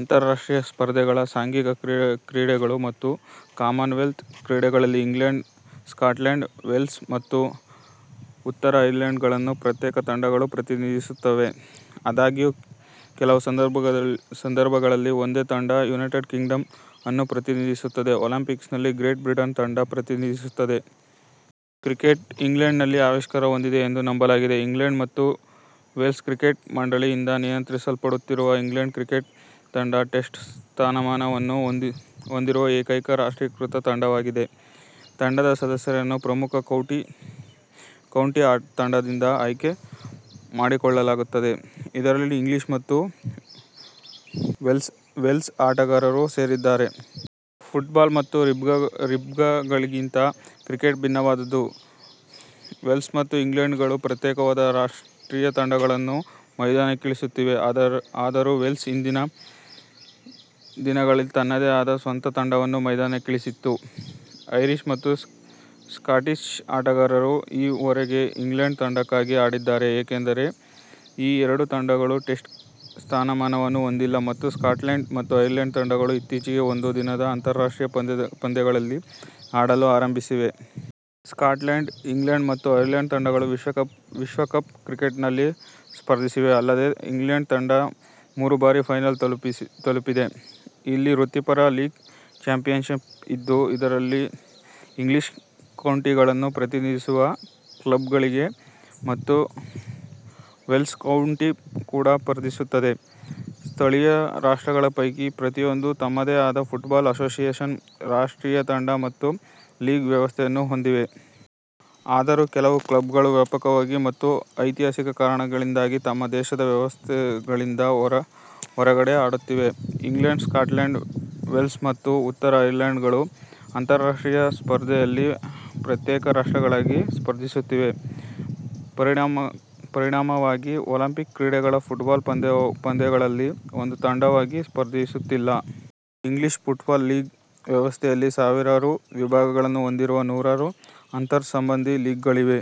ಅಂತರರಾಷ್ಟ್ರೀಯ ಸ್ಪರ್ಧೆಗಳ ಸಾಂಘಿಕ ಕ್ರೀಡೆಗಳು ಮತ್ತು ಕಾಮನ್ವೆಲ್ತ್ ಕ್ರೀಡೆ ಗಳಲ್ಲಿ ಇಂಗ್ಲೆಂಡ್, ಸ್ಕಾಟ್ಲೆಂಡ್, ವೇಲ್ಸ್ ಮತ್ತು ಉತ್ತರ ಐರ್ಲೆಂಡ್ ಗಳನ್ನು ಪ್ರತ್ಯೇಕ ತಂಡಗಳು ಪ್ರತಿನಿಧಿಸುತ್ತವೆ. ಆದಾಗ್ಯೂ, ಕೆಲವು ಸಂದರ್ಭಗಳಲ್ಲಿ ಒಂದೇ ತಂಡ ಯುನೈಟೆಡ್ ಕಿಂಗ್ಡಂ ಅನ್ನು ಪ್ರತಿನಿಧಿಸುತ್ತದೆ, ಒಲಿಂಪಿಕ್ಸ್ ನಲ್ಲಿ ಗ್ರೇಟ್ ಬ್ರಿಟನ್ ತಂಡ ಪ್ರತಿನಿಧಿಸುತ್ತದೆ. ಕ್ರಿಕೆಟ್ ಇಂಗ್ಲೆಂಡ್ನಲ್ಲಿ ಆವಿಷ್ಕಾರ ಹೊಂದಿದೆ ಎಂದು ನಂಬಲಾಗಿದೆ. ಇಂಗ್ಲೆಂಡ್ ಮತ್ತು ವೇಲ್ಸ್ ಕ್ರಿಕೆಟ್ ಮಂಡಳಿ ಯಿಂದ ನಿಯಂತ್ರಿಸಲ್ಪಡುತ್ತಿರುವ ಇಂಗ್ಲೆಂಡ್ ಕ್ರಿಕೆಟ್ ತಂಡ ಟೆಸ್ಟ್ ಸ್ಥಾನಮಾನ ವನ್ನು ಹೊಂದಿರುವ ಏಕೈಕ ರಾಷ್ಟ್ರೀಯ ತಂಡವಾಗಿದೆ. ತಂಡದ ಸದಸ್ಯರನ್ನು ಪ್ರಮುಖ ಕೌಂಟಿ ತಂಡಗಳಿಂದ ಆಯ್ಕೆ ಮಾಡಿಕೊಳ್ಳಲಾಗುತ್ತದೆ, ಇದರಲ್ಲಿ ಇಂಗ್ಲೀಷ್ ಮತ್ತು ವೆಲ್ಶ್ ಆಟಗಾರರೂ ಸೇರಿದ್ದಾರೆ. ಫುಟ್ಬಾಲ್ ಮತ್ತು ರಗ್ಬಿಗಳಿಗಿಂತ ಕ್ರಿಕೆಟ್ ವಿಭಿನ್ನವಾಗಿದ್ದು, ವೇಲ್ಸ್ ಮತ್ತು ಇಂಗ್ಲೆಂಡ್ಗಳು ಪ್ರತ್ಯೇಕವಾದ ರಾಷ್ಟ್ರೀಯ ತಂಡಗಳನ್ನು ಮೈದಾನಕ್ಕಿಳಿಸುತ್ತಿವೆ. ಆದರೂ ವೇಲ್ಸ್ ಹಿಂದಿನ ದಿನಗಳಲ್ಲಿ ತನ್ನದೇ ಆದ ಸ್ವಂತ ತಂಡವನ್ನು ಮೈದಾನಕ್ಕಿಳಿಸಿತ್ತು. ಐರಿಷ್ ಮತ್ತು ಸ್ಕಾಟಿಷ್ ಆಟಗಾರರು ಈವರೆಗೆ ಇಂಗ್ಲೆಂಡ್ ತಂಡಕ್ಕಾಗಿ ಆಡಿದ್ದಾರೆ. ಏಕೆಂದರೆ ಈ ಎರಡು ತಂಡಗಳು ಟೆಸ್ಟ್ ಸ್ಥಾನಮಾನವನ್ನು ಹೊಂದಿಲ್ಲ ಮತ್ತು ಸ್ಕಾಟ್ಲೆಂಡ್ ಮತ್ತು ಐರ್ಲೆಂಡ್ ತಂಡಗಳು ಇತ್ತೀಚೆಗೆ ಒಂದು ದಿನದ ಅಂತರರಾಷ್ಟ್ರೀಯ ಪಂದ್ಯ ಗಳಲ್ಲಿ ಆಡಲು ಆರಂಭಿಸಿವೆ. ಸ್ಕಾಟ್ಲೆಂಡ್, ಇಂಗ್ಲೆಂಡ್ ಮತ್ತು ಐರ್ಲೆಂಡ್ ತಂಡಗಳು ವಿಶ್ವಕಪ್ ಕ್ರಿಕೆಟ್ ನಲ್ಲಿ ಸ್ಪರ್ಧಿಸಿವೆ, ಅಲ್ಲದೆ ಇಂಗ್ಲೆಂಡ್ ತಂಡ ಮೂರು ಬಾರಿ ಫೈನಲ್ ತಲುಪಿದೆ. ಇಲ್ಲಿ ವೃತ್ತಿಪರ ಲೀಗ್ ಚಾಂಪಿಯನ್ಶಿಪ್ ಇದ್ದು, ಇದರಲ್ಲಿ ಇಂಗ್ಲೀಷ್ ಕೌಂಟಿಗಳನ್ನು ಪ್ರತಿನಿಧಿಸುವ ಕ್ಲಬ್ಗಳಿವೆ ಮತ್ತು ವೆಲ್ಶ್ ಕೌಂಟಿ ಕೂಡ ಸ್ಪರ್ಧಿಸುತ್ತದೆ. ಸ್ಥಳೀಯ ರಾಷ್ಟ್ರಗಳ ಪೈಕಿ ಪ್ರತಿಯೊಂದು ತಮ್ಮದೇ ಆದ ಫುಟ್ಬಾಲ್ ಅಸೋಸಿಯೇಷನ್, ರಾಷ್ಟ್ರೀಯ ತಂಡ ಮತ್ತು ಲೀಗ್ ವ್ಯವಸ್ಥೆ ಯನ್ನು ಹೊಂದಿವೆ. ಆದರೂ ಕೆಲವು ಕ್ಲಬ್ಗಳು ವ್ಯವಸ್ಥಾಪನೆ ಮತ್ತು ಐತಿಹಾಸಿಕ ಕಾರಣಗಳಿಂದಾಗಿ ತಮ್ಮ ದೇಶದ ವ್ಯವಸ್ಥೆಗಳಿಂದ ಹೊರಗಡೆ ಆಡುತ್ತಿವೆ. ಇಂಗ್ಲೆಂಡ್, ಸ್ಕಾಟ್ಲೆಂಡ್, ವೇಲ್ಸ್ ಮತ್ತು ಉತ್ತರ ಐರ್ಲೆಂಡ್ ಗಳು ಅಂತರರಾಷ್ಟ್ರೀಯ ಸ್ಪರ್ಧೆಯಲ್ಲಿ ಪ್ರತ್ಯೇಕ ರಾಷ್ಟ್ರಗಳಾಗಿ ಸ್ಪರ್ಧಿಸುತ್ತಿವೆ, ಪರಿಣಾಮವಾಗಿ ಒಲಿಂಪಿಕ್ ಕ್ರೀಡೆ ಗಳ ಫುಟ್ಬಾಲ್ ಪಂದ್ಯಾವಳಿಗಳಲ್ಲಿ ಒಂದು ತಂಡವಾಗಿ ಸ್ಪರ್ಧಿಸುತ್ತಿಲ್ಲ. ಇಂಗ್ಲೀಷ್ ಫುಟ್ಬಾಲ್ ಲೀಗ್ ವ್ಯವಸ್ಥೆ ಯಲ್ಲಿ, ಸಾವಿರಾರು ವಿಭಾಗಗಳನ್ನು ಹೊಂದಿರುವ ನೂರಾರು ಅಂತರ್-ಸಂಬಂಧಿ ಲೀಗ್ಗಳಿವೆ.